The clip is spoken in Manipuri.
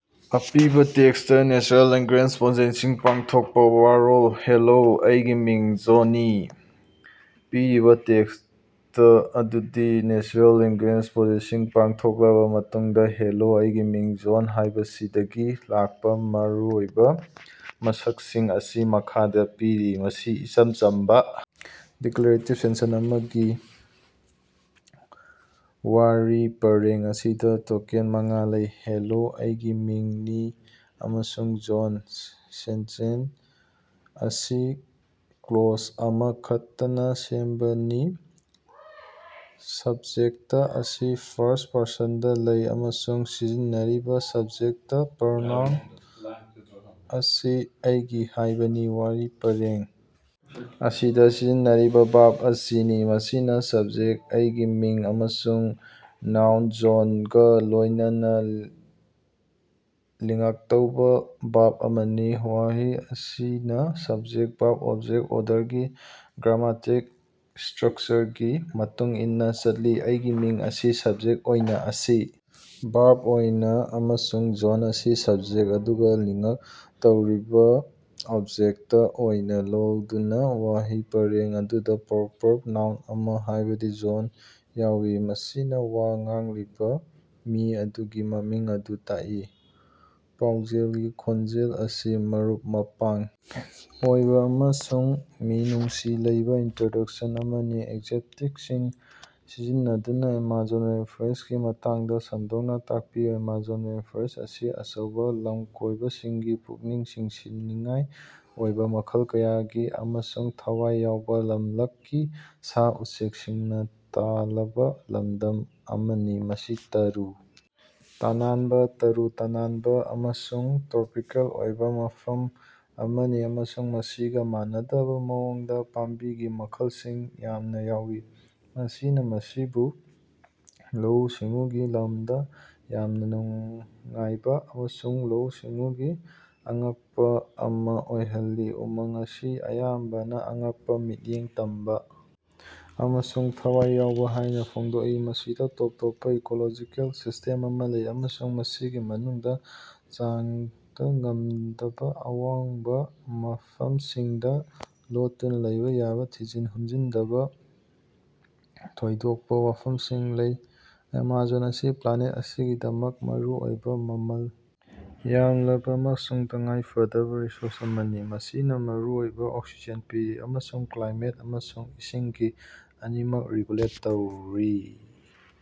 ꯑꯄꯤꯕ: ꯇꯦꯛꯁꯇ ꯅꯦꯆꯔꯦꯜ ꯂꯦꯉ꯭ꯒꯨꯌꯦꯖ ꯄ꯭ꯔꯣꯁꯦꯁꯤꯡ ꯄꯥꯡꯊꯣꯛꯄ꯫ ꯋꯥꯔꯣꯜ: ꯍꯦꯜꯂꯣ, ꯑꯩꯒꯤ ꯃꯤꯡ ꯖꯣꯟꯅꯤ꯫ ꯄꯤꯔꯤꯕ ꯇꯦꯛꯁ ꯑꯗꯨꯗ ꯅꯦꯆꯔꯦꯜ ꯂꯦꯉ꯭ꯒꯨꯌꯦꯖ ꯄ꯭ꯔꯣꯁꯦꯁꯤꯡ ꯄꯥꯡꯊꯣꯛꯂꯕ ꯃꯇꯨꯡꯗ, "ꯍꯦꯂꯣ, ꯑꯩꯒꯤ ꯃꯤꯡ ꯖꯣꯟ" ꯍꯥꯏꯕꯁꯤꯗꯒꯤ ꯂꯥꯛꯄ ꯃꯔꯨꯑꯣꯏꯕ ꯃꯁꯛꯁꯤꯡ ꯑꯁꯤ ꯃꯈꯥꯗ ꯄꯤꯔꯤ: ꯃꯁꯤ ꯏꯆꯝ ꯆꯝꯕ ꯗꯤꯛꯂꯥꯔꯦꯇꯤꯕ ꯁꯦꯟꯁꯟ ꯑꯃꯅꯤ꯫ ꯋꯥꯍꯩ ꯄꯔꯦꯡ ꯑꯁꯤꯗ ꯇꯣꯀꯦꯟ ꯃꯉꯥ ꯂꯩ: "ꯍꯦꯂꯣ", "ꯑꯩꯒꯤ", "ꯃꯃꯤꯡ", "ꯅꯤ", ꯑꯃꯁꯨꯡ "ꯖꯣꯟ" ꯁꯦꯟꯁꯟ ꯑꯁꯤ ꯀ꯭ꯂꯣꯖ ꯑꯃꯈꯛꯇꯅ ꯁꯦꯝꯕꯅꯤ꯫ ꯁꯕꯖꯦꯛꯇ ꯑꯁꯤ ꯐꯥꯔꯁ꯭ꯠ-ꯄꯔꯁꯟꯗ ꯂꯩ ꯑꯃꯁꯨꯡ ꯁꯤꯖꯤꯟꯅꯔꯤꯕ ꯁꯕꯖꯦꯛꯇ ꯄ꯭ꯔꯣꯅꯣꯅꯣꯝ ꯑꯁꯤ "ꯑꯩꯒꯤ" ꯍꯥꯏꯕꯅꯤ꯫ ꯋꯥꯍꯩ ꯄꯔꯦꯡ ꯑꯁꯤꯗ ꯁꯤꯖꯤꯟꯅꯔꯤꯕ ꯚꯥ꯭ꯔꯕ ꯑꯁꯤ "ꯅꯤ", ꯃꯁꯤꯅ ꯁꯕ꯭ꯖꯦꯛ "ꯑꯩꯒꯤ ꯃꯤꯡ" ꯑꯃꯁꯨꯡ ꯅ꯭ꯌꯨꯟ "ꯖꯣꯟ"ꯒ ꯂꯣꯏꯅꯅ ꯂꯤꯉ꯭ꯛ ꯇꯧꯕ ꯚꯥꯔꯕ ꯑꯃꯅꯤ ꯋꯥꯍꯩ ꯑꯁꯤꯅ ꯁꯕꯖꯦꯛ -ꯚꯥꯔꯕ-ꯑꯣꯕꯖꯦꯛ ꯑꯣꯔꯗꯔꯒꯤ ꯒ꯭ꯔꯥꯃꯦꯇꯤꯛ ꯁ꯭ꯇꯔꯛꯆꯔꯒꯤ ꯃꯇꯨꯡ ꯏꯟꯅ ꯆꯠꯂꯤ꯫ "ꯑꯩꯒꯤ ꯃꯤꯡ" ꯑꯁꯤ ꯁꯕꯖꯦꯛ ꯑꯣꯏꯅ ꯑꯁꯤ ꯚꯥꯔꯕ ꯑꯣꯏꯅ, ꯑꯃꯁꯨꯡ "ꯖꯣꯟ" ꯑꯁꯤ ꯁꯕꯖꯦꯛ ꯑꯗꯨꯒ ꯂꯤꯉ꯭ꯛ ꯇꯧꯔꯤꯕ ꯑꯣꯕꯖꯦꯛꯇ ꯑꯣꯏꯅ ꯂꯧꯗꯨꯅ꯫ ꯋꯥꯍꯩ ꯄꯔꯦꯡ ꯑꯗꯨꯗ ꯄ꯭ꯔꯣꯄꯔ ꯅꯥꯎꯟ ꯑꯃ ꯍꯥꯏꯕꯗꯤ "ꯖꯣꯟ" ꯌꯥꯎꯏ꯫ ꯃꯁꯤꯅ ꯋꯥ ꯉꯥꯡꯂꯤꯕ ꯃꯤꯑꯣꯏ ꯑꯗꯨꯒꯤ ꯃꯃꯤꯡ ꯑꯗꯨ ꯇꯥꯛꯏ꯫ ꯄꯥꯎꯖꯦꯜꯒꯤ ꯈꯣꯟꯖꯦꯜ ꯑꯁꯤ ꯃꯔꯨꯞ-ꯃꯄꯥꯡ ꯑꯣꯏꯕ ꯑꯃꯁꯨꯡ ꯃꯤꯅꯨꯡꯁꯤ ꯂꯩꯕ ꯏꯟꯇ꯭ꯔꯣꯗ꯭ꯌꯨꯁꯟ ꯑꯃꯅꯤ꯫ ꯑꯦꯖꯦꯛꯇꯤꯚꯁꯤꯡ ꯁꯤꯖꯤꯟꯅꯗꯨꯅꯥ ꯑꯦꯃꯥꯖꯣꯟ ꯔꯦꯟꯐꯣꯔꯦꯁ꯭ꯠꯀꯤ ꯃꯇꯥꯡꯗ ꯁꯟꯗꯣꯛꯅ ꯇꯥꯛꯄꯤꯌꯨ꯫ ꯑꯦꯃꯥꯖꯣꯟ ꯔꯦꯟꯐ꯭ꯣꯔꯦꯁ꯭ꯠ ꯑꯁꯤ ꯑꯆꯧꯕ ꯂꯝꯀꯣꯏꯕꯁꯤꯡꯒꯤ ꯄꯨꯛꯅꯤꯡ ꯆꯤꯡꯁꯤꯟꯅꯤꯡꯉꯥꯏ ꯑꯣꯏꯕ ꯃꯈꯜ ꯀꯌꯥꯒꯤ ꯑꯃꯁꯨꯡ ꯊꯋꯥꯏ ꯌꯥꯎꯕ ꯂꯝꯂꯛꯀꯤ ꯁꯥ-ꯎꯆꯦꯛꯁꯤꯡꯅ ꯊꯜꯂꯕ ꯂꯝꯗꯝ ꯑꯃꯅꯤ꯫ ꯃꯁꯤ ꯇꯔꯨ ꯇꯅꯥꯟꯕ, ꯇꯔꯨ ꯇꯅꯥꯟꯕ ꯑꯃꯁꯨꯡ ꯇ꯭ꯔꯣꯄꯤꯀꯦꯜ ꯑꯣꯏꯕ ꯃꯐꯝ ꯑꯃꯅꯤ ꯑꯃꯁꯨꯡ ꯃꯁꯤꯒ ꯃꯥꯟꯅꯗꯕ ꯃꯑꯣꯡꯗ ꯄꯥꯝꯕꯤ ꯃꯈꯜꯁꯤꯡ ꯌꯥꯝꯅ ꯌꯥꯎꯏ꯫ ꯃꯁꯤꯅ ꯃꯁꯤꯕꯨ ꯂꯧꯎ-ꯁꯤꯡꯎꯒꯤ ꯂꯝꯗ ꯌꯥꯝꯅ ꯅꯨꯡꯉꯥꯏꯕ ꯑꯃꯁꯨꯡ ꯂꯧꯎ-ꯁꯤꯡꯎꯒꯤ ꯑꯉꯛꯄ ꯑꯃ ꯑꯣꯏꯍꯜꯂꯤ꯫ ꯎꯃꯪ ꯑꯁꯤ ꯑꯌꯥꯝꯕꯅ ꯑꯉꯛꯄ, ꯃꯤꯠꯌꯦꯡ ꯊꯝꯕ ꯑꯃꯁꯨꯡ ꯊꯋꯥꯏ ꯌꯥꯎꯕ ꯍꯥꯏꯅ ꯐꯣꯡꯗꯣꯛꯏ꯫ ꯃꯁꯤꯗ ꯇꯣꯞ ꯇꯣꯞꯄ ꯏꯀꯣꯂꯣꯖꯤꯀꯦꯜ ꯁꯤꯁ꯭ꯇꯦꯝ ꯑꯃꯥ ꯂꯩ꯫ ꯑꯃꯁꯨꯡ ꯃꯁꯤꯒꯤ ꯃꯅꯨꯡꯗ ꯆꯪꯕ ꯉꯝꯗꯕ ꯑꯋꯥꯡꯕ ꯃꯐꯝꯁꯤꯡꯗ ꯂꯣꯠꯇꯨꯅ ꯂꯩꯕ ꯌꯥꯕ ꯊꯤꯖꯤꯟ ꯍꯨꯝꯖꯤꯟꯗꯕ ꯊꯣꯏꯗꯣꯛꯄ ꯋꯥꯐꯞꯁꯤꯡ ꯂꯩ꯫ ꯑꯦꯃꯥꯖꯣꯟ ꯑꯁꯤ ꯄ꯭ꯂꯥꯅꯦꯠ ꯑꯁꯤꯒꯤꯗꯃꯛꯇ ꯃꯔꯨꯑꯣꯏꯕ ꯃꯃꯜ ꯌꯥꯝꯂꯕ ꯑꯃꯁꯨꯡ ꯇꯉꯥꯏ ꯐꯗꯕ ꯔꯤꯁꯣꯔꯁ ꯑꯃꯅꯤ꯫ ꯃꯁꯤꯅ ꯃꯔꯨꯑꯣꯏꯕ ꯑꯣꯛꯁꯤꯖꯦꯟ ꯄꯤꯔꯤ꯫ ꯑꯃꯁꯨꯡ ꯀ꯭ꯂꯥꯏꯃꯦꯠ ꯑꯃꯁꯨꯡ ꯏꯁꯤꯡꯒꯤ ꯑꯅꯤꯃꯛ ꯔꯤꯒꯨꯂꯦꯠ ꯇꯧꯔꯤ꯫